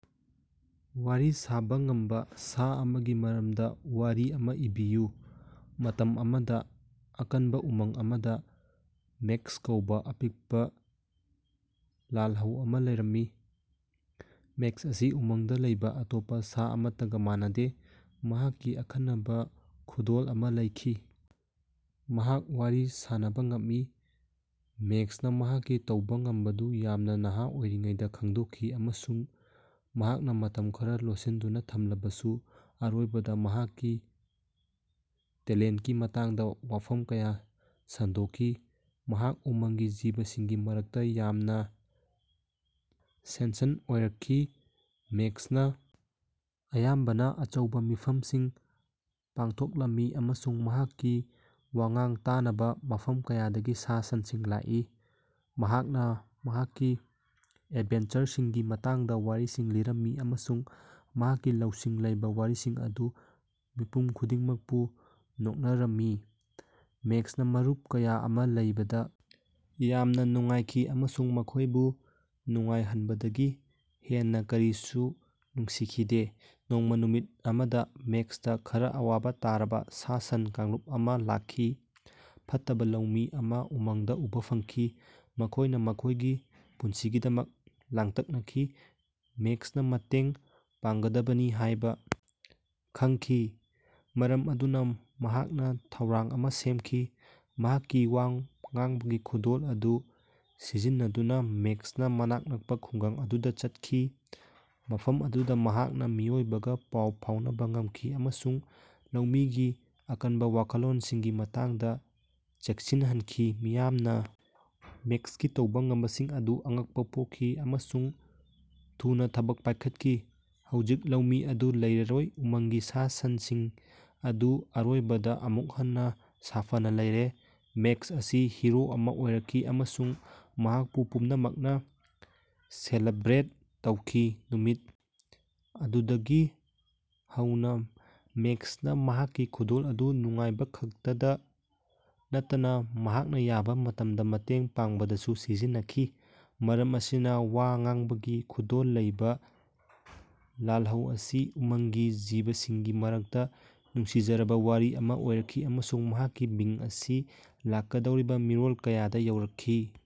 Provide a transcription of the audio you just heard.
ꯋꯥꯔꯤ ꯁꯥꯕ ꯉꯝꯕ ꯁꯥ ꯑꯃꯒꯤ ꯃꯔꯝꯗ ꯋꯥꯔꯤ ꯑꯃ ꯏꯕꯤꯌꯨ꯫ ꯃꯇꯝ ꯑꯃꯗ, ꯑꯀꯟꯕ ꯎꯃꯪ ꯑꯃꯗ, ꯃꯦꯛꯁ ꯀꯧꯕ ꯑꯄꯤꯛꯄ ꯂꯥꯜꯍꯧ ꯑꯃ ꯂꯩꯔꯝꯃꯤ꯫ ꯃꯦꯛꯁ ꯑꯁꯤ ꯎꯃꯪꯗ ꯂꯩꯕ ꯑꯇꯣꯞꯄ ꯁꯥ ꯑꯃꯠꯇꯒ ꯃꯥꯟꯅꯗꯦ꯫ ꯃꯍꯥꯛꯀꯤ ꯑꯈꯟꯅꯕ ꯈꯨꯗꯣꯜ ꯑꯃ ꯂꯩꯈꯤ꯫ ꯃꯍꯥꯛ ꯋꯥꯔꯤ ꯁꯥꯟꯅꯕ ꯉꯝꯃꯤ꯫ ꯃꯦꯛꯁꯅ ꯃꯍꯥꯛꯀꯤ ꯇꯧꯕ ꯉꯝꯕꯗꯨ ꯌꯥꯝꯅ ꯅꯍꯥ ꯑꯣꯏꯔꯤꯉꯩꯗ ꯈꯪꯗꯣꯛꯈꯤ ꯑꯃꯁꯨꯡ ꯃꯍꯥꯛꯅ ꯃꯇꯝ ꯈꯔ ꯂꯣꯠꯁꯤꯟꯗꯨꯅ ꯊꯝꯂꯕꯁꯨ ꯑꯔꯣꯏꯕꯗ ꯃꯍꯥꯛꯀꯤ ꯇꯦꯂꯦꯟꯇꯀꯤ ꯃꯇꯥꯡꯗ ꯋꯥꯐꯝ ꯀꯌꯥ ꯁꯟꯗꯣꯛꯈꯤ꯫ ꯃꯍꯥꯛ ꯎꯃꯪꯒꯤ ꯖꯤꯕꯁꯤꯡꯒꯤ ꯃꯔꯛꯇ ꯌꯥꯝꯅ ꯁꯦꯟꯁꯟ ꯑꯣꯏꯔꯛꯈꯤ꯫ ꯃꯦꯛꯁꯅ ꯑꯌꯥꯝꯕꯅ ꯑꯆꯧꯕ ꯃꯤꯐꯝꯁꯤꯡ ꯄꯥꯡꯊꯣꯛꯂꯝꯃꯤ ꯑꯃꯁꯨꯡ ꯃꯍꯥꯛꯀꯤ ꯋꯥ ꯉꯥꯡꯕ ꯇꯥꯅꯕ ꯃꯐꯝ ꯀꯌꯥꯗꯒꯤ ꯁꯥ-ꯁꯟꯁꯤꯡ ꯂꯥꯛꯏ꯫ ꯃꯍꯥꯛꯅ ꯃꯍꯥꯛꯀꯤ ꯑꯦꯗꯚꯦꯟꯆꯔꯁꯤꯡꯒꯤ ꯃꯇꯥꯡꯗ ꯋꯥꯔꯤꯁꯤꯡ ꯂꯤꯔꯝꯃꯤ ꯑꯃꯁꯨꯡ ꯃꯍꯥꯛꯀꯤ ꯂꯧꯁꯤꯡ ꯂꯩꯕ ꯋꯥꯔꯤꯁꯤꯡ ꯑꯗꯨꯅ ꯃꯤꯄꯨꯝ ꯈꯨꯗꯤꯡꯃꯛꯄꯨ ꯅꯣꯛꯅꯔꯝꯃꯤ꯫ ꯃꯦꯛꯁꯅ ꯃꯔꯨꯞ ꯀꯌꯥ ꯑꯃ ꯂꯩꯕꯗ ꯌꯥꯝꯅ ꯅꯨꯡꯉꯥꯏꯈꯤ ꯑꯃꯁꯨꯡ ꯃꯈꯣꯏꯕꯨ ꯅꯨꯡꯉꯥꯏꯍꯟꯕꯗꯒꯤ ꯍꯦꯟꯅ ꯀꯔꯤꯁꯨ ꯅꯨꯡꯁꯤꯈꯤꯗꯦ꯫ ꯅꯣꯡꯃ ꯅꯨꯃꯤꯠ ꯑꯃꯗ ꯃꯦꯛꯁꯇ ꯈꯔ ꯑꯋꯥꯕ ꯇꯥꯔꯕ ꯁꯥ-ꯁꯟ ꯀꯥꯡꯂꯨꯞ ꯑꯃ ꯂꯥꯛꯈꯤ꯫ ꯐꯠꯇꯕ ꯂꯧꯃꯤ ꯑꯃ ꯎꯃꯪꯗ ꯎꯕ ꯐꯪꯈꯤ꯫ ꯃꯈꯣꯏꯅ ꯃꯈꯣꯏꯒꯤ ꯄꯨꯟꯁꯤꯒꯤꯗꯃꯛ ꯂꯥꯡꯇꯛꯅꯈꯤ꯫ ꯃꯦꯛꯁꯅ ꯃꯇꯦꯡ ꯄꯥꯡꯒꯗꯕꯅꯤ ꯍꯥꯏꯕ ꯈꯪꯈꯤ꯫ ꯃꯔꯝ ꯑꯗꯨꯅ ꯃꯍꯥꯛꯅ ꯊꯧꯔꯥꯡ ꯑꯃ ꯁꯦꯝꯈꯤ꯫ ꯃꯍꯥꯛꯀꯤ ꯋꯥ ꯉꯥꯡꯕꯒꯤ ꯈꯨꯗꯣꯜ ꯑꯗꯨ ꯁꯤꯖꯤꯟꯅꯗꯨꯅ ꯃꯦꯛꯁꯅ ꯃꯅꯥꯛ ꯅꯛꯄ ꯈꯨꯡꯒꯪ ꯑꯗꯨꯗ ꯆꯠꯈꯤ꯫ ꯃꯐꯝ ꯑꯗꯨꯗ ꯃꯍꯥꯛꯅ ꯃꯤꯑꯣꯏꯕꯒ ꯄꯥꯎ ꯐꯥꯎꯅꯕ ꯉꯝꯈꯤ ꯑꯃꯁꯨꯡ ꯂꯧꯃꯤꯒꯤ ꯑꯀꯟꯕ ꯋꯥꯈꯜꯂꯣꯟꯁꯤꯡꯒꯤ ꯃꯇꯥꯡꯗ ꯆꯦꯛꯁꯤꯟꯍꯟꯈꯤ꯫ ꯃꯤꯌꯥꯝꯅ ꯃꯦꯛꯁꯀꯤ ꯇꯧꯕ ꯉꯝꯕꯁꯤꯡ ꯑꯗꯨꯗ ꯑꯉꯛꯄ ꯄꯣꯛꯈꯤ ꯑꯃꯁꯨꯡ ꯊꯨꯅ ꯊꯕꯛ ꯄꯥꯏꯈꯠꯈꯤ꯫ ꯍꯧꯖꯤꯛ ꯂꯧꯃꯤ ꯑꯗꯨ ꯂꯩꯔꯔꯣꯏ, ꯎꯃꯪꯒꯤ ꯁꯥ-ꯁꯟꯁꯤꯡ ꯑꯗꯨ ꯑꯔꯣꯏꯕꯗ ꯑꯃꯨꯛ ꯍꯟꯅ ꯁꯥꯐꯅ ꯂꯩꯔꯦ꯫ ꯃꯦꯛꯁ ꯑꯁꯤ ꯍꯤꯔꯣ ꯑꯃ ꯑꯣꯏꯔꯛꯈꯤ ꯑꯃꯁꯨꯡ ꯃꯍꯥꯛꯄꯨ ꯄꯨꯝꯅꯃꯛꯅ ꯁꯦꯂꯦꯕ꯭ꯔꯦꯠ ꯇꯧꯈꯤ꯫ ꯅꯨꯃꯤꯠ ꯑꯗꯨꯗꯒꯤ ꯍꯧꯅ ꯃꯦꯛꯁꯅ ꯃꯍꯥꯛꯀꯤ ꯈꯨꯗꯣꯜ ꯑꯗꯨ ꯅꯨꯡꯉꯥꯏꯕꯈꯛꯇꯗ ꯅꯠꯇꯅ ꯃꯍꯥꯛꯅ ꯌꯥꯕ ꯃꯇꯝꯗ ꯃꯇꯦꯡ ꯄꯥꯡꯕꯗꯁꯨ ꯁꯤꯖꯤꯟꯅꯈꯤ꯫ ꯃꯔꯝ ꯑꯁꯤꯅ, ꯋꯥ ꯉꯥꯡꯕꯒꯤ ꯈꯨꯗꯣꯜ ꯂꯩꯕ ꯂꯥꯜꯍꯧ ꯑꯁꯤ ꯎꯃꯪꯒꯤ ꯖꯤꯕꯁꯤꯡꯒꯤ ꯃꯔꯛꯇ ꯅꯨꯡꯁꯤꯖꯔꯕ ꯋꯥꯔꯤ ꯑꯃ ꯑꯣꯏꯔꯛꯈꯤ ꯑꯃꯁꯨꯡ ꯃꯍꯥꯛꯀꯤ ꯃꯤꯡ ꯑꯁꯤ ꯂꯥꯛꯀꯗꯧꯔꯤꯕ ꯃꯤꯔꯣꯜ ꯀꯌꯥꯗ ꯌꯧꯔꯛꯈꯤ꯫